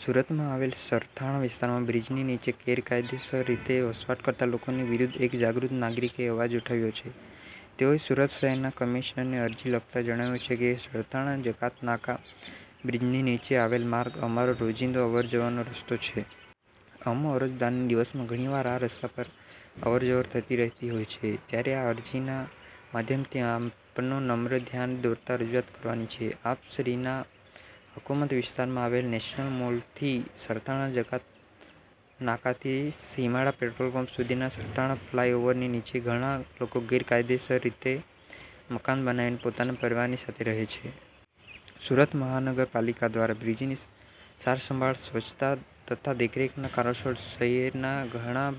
સુરતમાં આવેલ સરથાણા વિસ્તારમાં બ્રિજની નીચે ગેરકાયદેસર રીતે વસવાટ કરતાં લોકોની વિરુદ્ધ એક જાગૃત નાગરિકે અવાજ ઉઠાવ્યો છે. તેઓએ સુરત શહેરના કમિશનરને અરજી લખતા જણાવ્યું છે કે, સરથાણા જકાતનાકા બ્રીજની નીચે આવેલ માર્ગ અમારો રોજિંદો અવર-જવરનો રસ્તો છે. અમો અરજદારને દિવસમાં ઘણીવાર આ રસ્તા પર અવર-જવર થતી રહેતી હોય છે ત્યારે આ અરજીના માધ્યમથી આપનું નમ્ર ધ્યાન દોરતા રજૂઆત કરવાની છે. આપશ્રીના હકૂમત વિસ્તારમાં આવેલ નેશનલ મોલથી સરથાણા જકાતનાકાથી સીમાડા પેટ્રોલપંપ સુધીના સરથાણા ફલાય ઓવરની નીચે ઘણા લોકો ગેરકાયદેસર રીતે મકાન બનાવીને પોતાના પરિવારની સાથે રહે છે. સુરત મહાનગરપાલિકા દ્વારા બ્રિજની સારસંભાળ, સ્વચ્છતા તથા દેખરેખના કારણોસાર શહેરના ઘણાં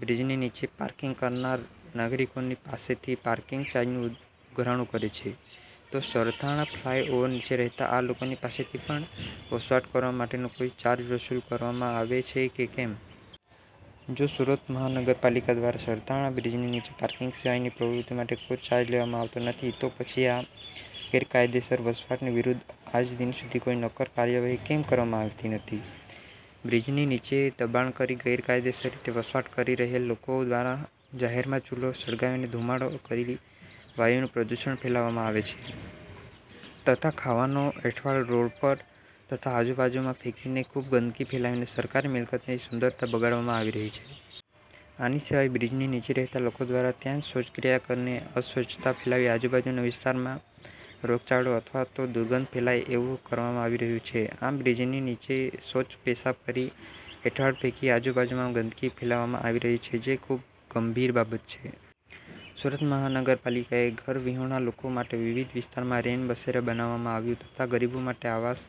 બ્રિજની નીચે પાર્કિંગ કરનાર નાગરિકોની પાસેથી પાર્કિંગ ચાર્જનું ઉઘરાણું કરે છે તો સરથાણા ફલાય ઓવર નીચે રહેતા આ લોકોની પાસેથી પણ વસવાટ કરવા માટેનો કોઈ ચાર્જ વસૂલ કરવામાં આવે છે કે કેમ? જો સુરત મહાનગરપાલિકા દ્વારા સરથાણા બ્રિજની નીચે પાર્કિંગ સિવાયની પ્રવૃતિ માટે કોઈ ચાર્જ લેવામા આવતો નથી તો પછી આ ગેરકાયદેસર વસવાટની વિરુદ્ધ આજદિન સુધી કોઈ નક્કર કાર્યવાહી કેમ કરવામાં આવતી નથી? બ્રિજની નીચે દબાણ કરી ગેરકાયદેસર રીતે વસવાટ કરી રહેલ લોકો દ્વારા જાહેરમાં ચુલો સળગાવીને ધુમાડો કરી વાયુનું પ્રદૂષણ ફેલાવવામાં આવે છે તથા ખાવાનો એંઠવાડ રોડ પર તથા આજુબાજુમાં ફેંકીને ખુબ ગંદકી ફેલાવીને સરકારી મિલકતની સુંદરતા બગાડવામાં આવી રહી છે. આની સિવાય બ્રિજની નીચે રહેતા લોકો દ્વારા ત્યાં જ શૌચક્રિયા કરીને અસ્વચ્છતા ફેલાવી આજુબાજુના વિસ્તારમાં રોગચાળો અથવા તો દુર્ગંધ ફેલાય એવું કરવામાં આવી રહ્યું છે. આમ, બ્રિજની નીચે શૌચ-પેશાબ કરી, એંઠવાડ ફેંકી આજુબાજુમાં ગંદકી ફેલાવવામાં આવી રહી છે જે ખુબ ગંભીર બાબત છે. સુરત મહાનગરપાલિકાએ ઘરવિહોણા લોકો માટે વિવિધ વિસ્તારમાં રેન બસેરા બનાવવામાં આવ્યુ તથા ગરીબો માટે આવાસ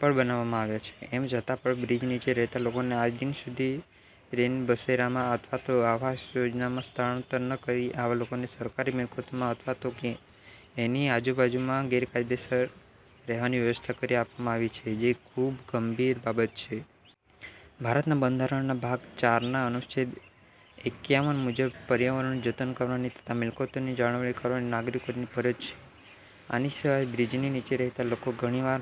પણ બનાવવામાં આવ્યા છે. એમ છતાં પણ બ્રિજ નીચે રહેતા લોકોને આજદિન સુધી રેનબસેરામાં અથવા તો આવાસ યોજનામાં સ્થળાંતર ન કરી, આવા લોકોને સરકારી મિકલતોમાં અથવા તો એની આજુબાજુમાં ગેરકાયદેસર રહેવાની વ્યવસ્થા કરી આપવામાં આવી છે જે ખુબ ગંભીર બાબત છે. ભારતના બંધારણના ભાગ ચાર ના અનુચ્છેદ એક્યાવન મુજબ પર્યાવરણનું જતન કરવાની તથા મિલકતોની જાળવણી કરવાની નાગરિકોની ફરજ છે. આની સિવાય બ્રિજની નીચે રહેતાં લોકો ઘણીવાર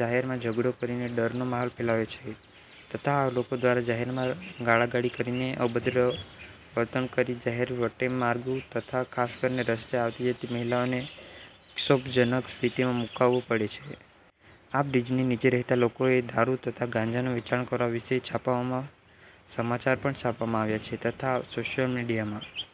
જાહેરમાં ઝઘડો કરીને ડરનો માહોલ ફેલાવે છે તથા આ લોકો દ્વારા જાહેરમાં ગાળાગાળી કરીને અભદ્ર વર્તન કરી જાહેર વટેમાર્ગુ તથા ખાસ કરીને રસ્તે આવતી-જતી મહિલાઓને ક્ષોભજનક સ્થિતિમાં મુકાવું પડે છે. આ બ્રિજની નીચે રહેતા લોકોએ દારૂ તથા ગાંજાનું વેચાણ કરવા વિશે છાપાઓમાં સમાચાર પણ છાપવામાં આવ્યાં છે તથા સોશિયલ મીડીયામાં